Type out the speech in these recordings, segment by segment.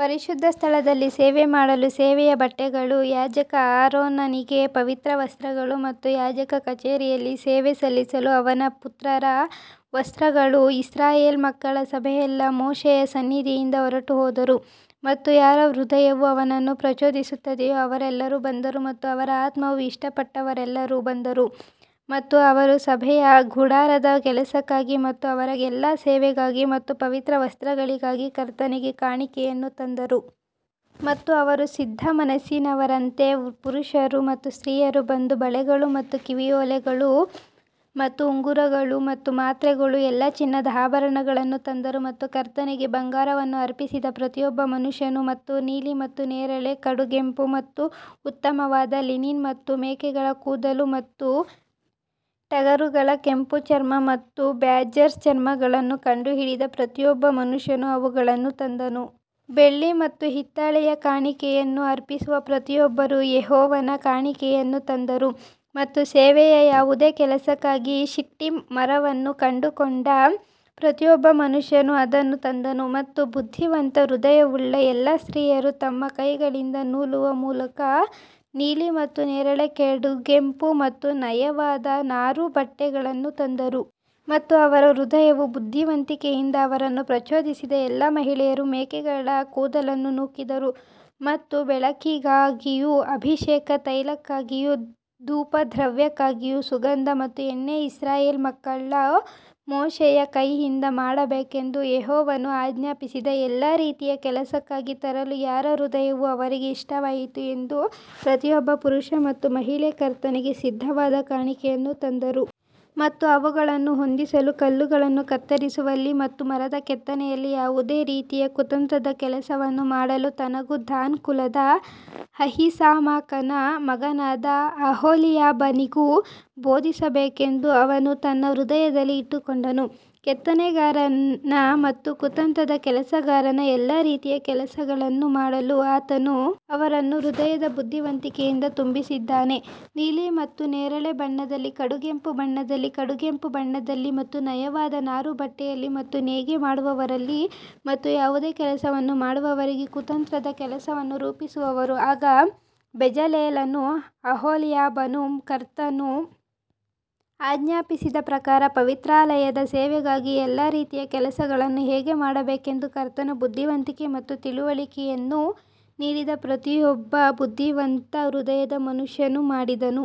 ಪರಿಶುದ್ಧ ಸ್ಥಳದಲ್ಲಿ ಸೇವೆ ಮಾಡಲು ಸೇವೆಯ ಬಟ್ಟೆಗಳು ಯಾಜಕ ಆರೋನನಿಗೆ ಪವಿತ್ರ ವಸ್ತ್ರಗಳು ಮತ್ತು ಯಾಜಕ ಕಚೇರಿಯಲ್ಲಿ ಸೇವೆ ಸಲ್ಲಿಸಲು ಅವನ ಪುತ್ರರ ವಸ್ತ್ರಗಳು ಇಸ್ರಾಯೇಲ್ ಮಕ್ಕಳ ಸಭೆಯೆಲ್ಲಾ ಮೋಶೆಯ ಸನ್ನಿಧಿಯಿಂದ ಹೊರಟುಹೋದರು ಮತ್ತು ಯಾರ ಹೃದಯವು ಅವನನ್ನು ಪ್ರಚೋದಿಸುತ್ತದೆಯೋ ಅವರೆಲ್ಲರೂ ಬಂದರು ಮತ್ತು ಅವರ ಆತ್ಮವು ಇಷ್ಟಪಟ್ಟವರೆಲ್ಲರೂ ಬಂದರು ಮತ್ತು ಅವರು ಸಭೆಯ ಗುಡಾರದ ಕೆಲಸಕ್ಕಾಗಿ ಮತ್ತು ಅವರ ಎಲ್ಲಾ ಸೇವೆಗಾಗಿ ಮತ್ತು ಪವಿತ್ರ ವಸ್ತ್ರಗಳಿಗಾಗಿ ಕರ್ತನಿಗೆ ಕಾಣಿಕೆಯನ್ನು ತಂದರು. ಮತ್ತು ಅವರು ಸಿದ್ಧಮನಸ್ಸಿನವರಂತೆ ಪುರುಷರು ಮತ್ತು ಸ್ತ್ರೀಯರು ಬಂದು ಬಳೆಗಳು ಮತ್ತು ಕಿವಿಯೋಲೆಗಳು ಮತ್ತು ಉಂಗುರಗಳು ಮತ್ತು ಮಾತ್ರೆಗಳು ಎಲ್ಲಾ ಚಿನ್ನದ ಆಭರಣಗಳನ್ನು ತಂದರು ಮತ್ತು ಕರ್ತನಿಗೆ ಬಂಗಾರವನ್ನು ಅರ್ಪಿಸಿದ ಪ್ರತಿಯೊಬ್ಬ ಮನುಷ್ಯನು. ಮತ್ತು ನೀಲಿ ಮತ್ತು ನೇರಳೆ, ಕಡುಗೆಂಪು ಮತ್ತು ಉತ್ತಮವಾದ ಲಿನಿನ್ ಮತ್ತು ಮೇಕೆಗಳ ಕೂದಲು ಮತ್ತು ಟಗರುಗಳ ಕೆಂಪು ಚರ್ಮ ಮತ್ತು ಬ್ಯಾಜರ್ಸ್ ಚರ್ಮಗಳನ್ನು ಕಂಡುಹಿಡಿದ ಪ್ರತಿಯೊಬ್ಬ ಮನುಷ್ಯನು ಅವುಗಳನ್ನು ತಂದನು. ಬೆಳ್ಳಿ ಮತ್ತು ಹಿತ್ತಾಳೆಯ ಕಾಣಿಕೆಯನ್ನು ಅರ್ಪಿಸುವ ಪ್ರತಿಯೊಬ್ಬರೂ ಯೆಹೋವನ ಕಾಣಿಕೆಯನ್ನು ತಂದರು ಮತ್ತು ಸೇವೆಯ ಯಾವುದೇ ಕೆಲಸಕ್ಕಾಗಿ ಶಿಟ್ಟಿಮ್ ಮರವನ್ನು ಕಂಡುಕೊಂಡ ಪ್ರತಿಯೊಬ್ಬ ಮನುಷ್ಯನು ಅದನ್ನು ತಂದನು. ಮತ್ತು ಬುದ್ಧಿವಂತ ಹೃದಯವುಳ್ಳ ಎಲ್ಲಾ ಸ್ತ್ರೀಯರು ತಮ್ಮ ಕೈಗಳಿಂದ ನೂಲುವ ಮೂಲಕ ನೀಲಿ ಮತ್ತು ನೇರಳೆ, ಕಡುಗೆಂಪು ಮತ್ತು ನಯವಾದ ನಾರುಬಟ್ಟೆಗಳನ್ನು ತಂದರು. ಮತ್ತು ಅವರ ಹೃದಯವು ಬುದ್ಧಿವಂತಿಕೆಯಿಂದ ಅವರನ್ನು ಪ್ರಚೋದಿಸಿದ ಎಲ್ಲಾ ಮಹಿಳೆಯರು ಮೇಕೆಗಳ ಕೂದಲನ್ನು ನೂಕಿದರು ಮತ್ತು ಬೆಳಕಿಗಾಗಿಯೂ ಅಭಿಷೇಕ ತೈಲಕ್ಕಾಗಿಯೂ ಧೂಪದ್ರವ್ಯಕ್ಕಾಗಿಯೂ ಸುಗಂಧ ಮತ್ತು ಎಣ್ಣೆ ಇಸ್ರಾಯೇಲ್ ಮಕ್ಕಳು ಮೋಶೆಯ ಕೈಯಿಂದ ಮಾಡಬೇಕೆಂದು ಯೆಹೋವನು ಆಜ್ಞಾಪಿಸಿದ ಎಲ್ಲಾ ರೀತಿಯ ಕೆಲಸಕ್ಕಾಗಿ ತರಲು ಯಾರ ಹೃದಯವು ಅವರಿಗೆ ಇಷ್ಟವಾಯಿತು ಎಂದು ಪ್ರತಿಯೊಬ್ಬ ಪುರುಷ ಮತ್ತು ಮಹಿಳೆ ಕರ್ತನಿಗೆ ಸಿದ್ಧವಾದ ಕಾಣಿಕೆಯನ್ನು ತಂದರು. ಮತ್ತು ಅವುಗಳನ್ನು ಹೊಂದಿಸಲು ಕಲ್ಲುಗಳನ್ನು ಕತ್ತರಿಸುವಲ್ಲಿ ಮತ್ತು ಮರದ ಕೆತ್ತನೆಯಲ್ಲಿ ಯಾವುದೇ ರೀತಿಯ ಕುತಂತ್ರದ ಕೆಲಸವನ್ನು ಮಾಡಲು ತನಗೂ ದಾನ್ ಕುಲದ ಅಹೀಸಾಮಾಕನ ಮಗನಾದ ಅಹೋಲಿಯಾಬನಿಗೂ ಬೋಧಿಸಬೇಕೆಂದು ಅವನು ತನ್ನ ಹೃದಯದಲ್ಲಿ ಇಟ್ಟುಕೊಂಡನು. ಕೆತ್ತನೆಗಾರನ ಮತ್ತು ಕುತಂತ್ರದ ಕೆಲಸಗಾರನ ಎಲ್ಲಾ ರೀತಿಯ ಕೆಲಸಗಳನ್ನು ಮಾಡಲು ಆತನು ಅವರನ್ನು ಹೃದಯದ ಬುದ್ಧಿವಂತಿಕೆಯಿಂದ ತುಂಬಿಸಿದ್ದಾನೆ, ನೀಲಿ ಮತ್ತು ನೇರಳೆ ಬಣ್ಣದಲ್ಲಿ ಕಡುಗೆಂಪು ಬಣ್ಣದಲ್ಲಿ ಕಡುಗೆಂಪು ಬಣ್ಣದಲ್ಲಿ ಮತ್ತು ನಯವಾದ ನಾರುಬಟ್ಟೆಯಲ್ಲಿ ಮತ್ತು ನೇಯ್ಗೆ ಮಾಡುವವರಲ್ಲಿ ಮತ್ತು ಯಾವುದೇ ಕೆಲಸವನ್ನು ಮಾಡುವವರಿಗೆ ಕುತಂತ್ರದ ಕೆಲಸವನ್ನು ರೂಪಿಸುವವರು ಆಗ ಬೆಜಲೇಲನೂ ಅಹೋಲಿಯಾಬನೂ ಕರ್ತನು ಆಜ್ಞಾಪಿಸಿದ ಪ್ರಕಾರ ಪವಿತ್ರಾಲಯದ ಸೇವೆಗಾಗಿ ಎಲ್ಲಾ ರೀತಿಯ ಕೆಲಸಗಳನ್ನು ಹೇಗೆ ಮಾಡಬೇಕೆಂದು ಕರ್ತನು ಬುದ್ಧಿವಂತಿಕೆ ಮತ್ತು ತಿಳುವಳಿಕೆಯನ್ನು ನೀಡಿದ ಪ್ರತಿಯೊಬ್ಬ ಬುದ್ಧಿವಂತ ಹೃದಯದ ಮನುಷ್ಯನು ಮಾಡಿದನು.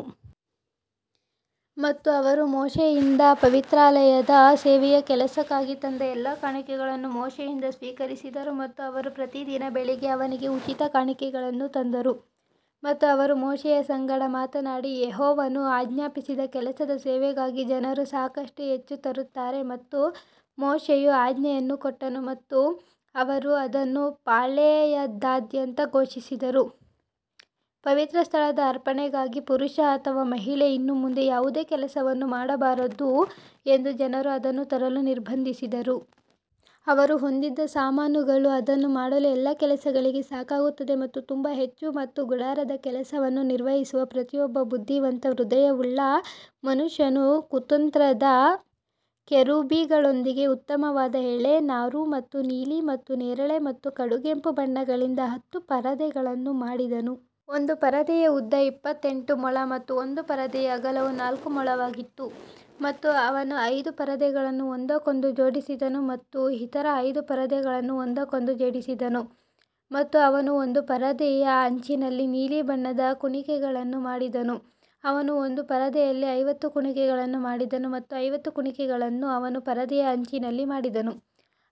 ಮತ್ತು ಅವರು ಮೋಶೆಯಿಂದ ಪವಿತ್ರಾಲಯದ ಸೇವೆಯ ಕೆಲಸಕ್ಕಾಗಿ ತಂದ ಎಲ್ಲಾ ಕಾಣಿಕೆಗಳನ್ನು ಮೋಶೆಯಿಂದ ಸ್ವೀಕರಿಸಿದರು ಮತ್ತು ಅವರು ಪ್ರತಿದಿನ ಬೆಳಿಗ್ಗೆ ಅವನಿಗೆ ಉಚಿತ ಕಾಣಿಕೆಗಳನ್ನು ತಂದರು. ಮತ್ತು ಅವರು ಮೋಶೆಯ ಸಂಗಡ ಮಾತನಾಡಿ, ಯೆಹೋವನು ಆಜ್ಞಾಪಿಸಿದ ಕೆಲಸದ ಸೇವೆಗಾಗಿ ಜನರು ಸಾಕಷ್ಟು ಹೆಚ್ಚು ತರುತ್ತಾರೆ. ಮತ್ತು ಮೋಶೆಯು ಆಜ್ಞೆಯನ್ನು ಕೊಟ್ಟನು ಮತ್ತು ಅವರು ಅದನ್ನು ಪಾಳೆಯದಾದ್ಯಂತ ಘೋಷಿಸಿದರು, ಪವಿತ್ರ ಸ್ಥಳದ ಅರ್ಪಣೆಗಾಗಿ ಪುರುಷ ಅಥವಾ ಮಹಿಳೆ ಇನ್ನು ಮುಂದೆ ಯಾವುದೇ ಕೆಲಸವನ್ನು ಮಾಡಬಾರದು ಎಂದು ಜನರು ಅದನ್ನು ತರಲು ನಿರ್ಬಂಧಿಸಿದರು. ಅವರು ಹೊಂದಿದ್ದ ಸಾಮಾನುಗಳು ಅದನ್ನು ಮಾಡಲು ಎಲ್ಲಾ ಕೆಲಸಗಳಿಗೆ ಸಾಕಾಗುತ್ತದೆ ಮತ್ತು ತುಂಬಾ ಹೆಚ್ಚು ಮತ್ತು ಗುಡಾರದ ಕೆಲಸವನ್ನು ನಿರ್ವಹಿಸುವ ಪ್ರತಿಯೊಬ್ಬ ಬುದ್ಧಿವಂತ ಹೃದಯವುಳ್ಳ ಮನುಷ್ಯನು ಕುತಂತ್ರದ ಕೆರೂಬಿಗಳೊಂದಿಗೆ ಉತ್ತಮವಾದ ಎಳೆ ನಾರು ಮತ್ತು ನೀಲಿ ಮತ್ತು ನೇರಳೆ ಮತ್ತು ಕಡುಗೆಂಪು ಬಣ್ಣಗಳಿಂದ ಹತ್ತು ಪರದೆಗಳನ್ನು ಮಾಡಿದನು. ಒಂದು ಪರದೆಯ ಉದ್ದ ಇಪ್ಪತ್ತೆಂಟು ಮೊಳ ಮತ್ತು ಒಂದು ಪರದೆಯ ಅಗಲವು ನಾಲ್ಕು ಮೊಳವಾಗಿತ್ತು. ಮತ್ತು ಅವನು ಐದು ಪರದೆಗಳನ್ನು ಒಂದಕ್ಕೊಂದು ಜೋಡಿಸಿದನು ಮತ್ತು ಇತರ ಐದು ಪರದೆಗಳನ್ನು ಒಂದಕ್ಕೊಂದು ಜೋಡಿಸಿದನು ಮತ್ತು ಅವನು ಒಂದು ಪರದೆಯ ಅಂಚಿನಲ್ಲಿ ನೀಲಿ ಬಣ್ಣದ ಕುಣಿಕೆಗಳನ್ನು ಮಾಡಿದನು. ಅವನು ಒಂದು ಪರದೆಯಲ್ಲಿ ಐವತ್ತು ಕುಣಿಕೆಗಳನ್ನು ಮಾಡಿದನು ಮತ್ತು ಐವತ್ತು ಕುಣಿಕೆಗಳನ್ನು ಅವನು ಪರದೆಯ ಅಂಚಿನಲ್ಲಿ ಮಾಡಿದನು,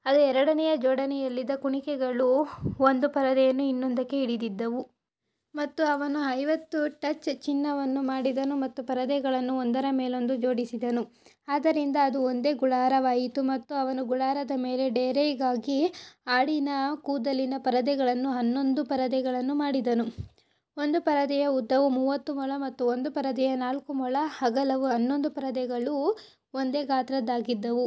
ಅದು ಎರಡನೆಯ ಜೋಡಣೆಯಲ್ಲಿದ್ದ ಕುಣಿಕೆಗಳು ಒಂದು ಪರದೆಯನ್ನು ಇನ್ನೊಂದಕ್ಕೆ ಹಿಡಿದಿದ್ದವು. ಮತ್ತು ಅವನು ಐವತ್ತು ಟಚ್ ಚಿನ್ನವನ್ನು ಮಾಡಿದನು ಮತ್ತು ಪರದೆಗಳನ್ನು ಒಂದರ ಮೇಲೊಂದು ಜೋಡಿಸಿದನು, ಆದ್ದರಿಂದ ಅದು ಒಂದೇ ಗುಡಾರವಾಯಿತು. ಮತ್ತು ಅವನು ಗುಡಾರದ ಮೇಲೆ ಡೇರೆಗಾಗಿ ಆಡಿನ ಕೂದಲಿನ ಪರದೆಗಳನ್ನು ಹನ್ನೊಂದು ಪರದೆಗಳನ್ನು ಮಾಡಿದನು. ಒಂದು ಪರದೆಯ ಉದ್ದವು ಮೂವತ್ತು ಮೊಳ ಮತ್ತು ಒಂದು ಪರದೆಯ ನಾಲ್ಕು ಮೊಳ ಅಗಲವು ಹನ್ನೊಂದು ಪರದೆಗಳು ಒಂದೇ ಗಾತ್ರದ್ದಾಗಿದ್ದವು.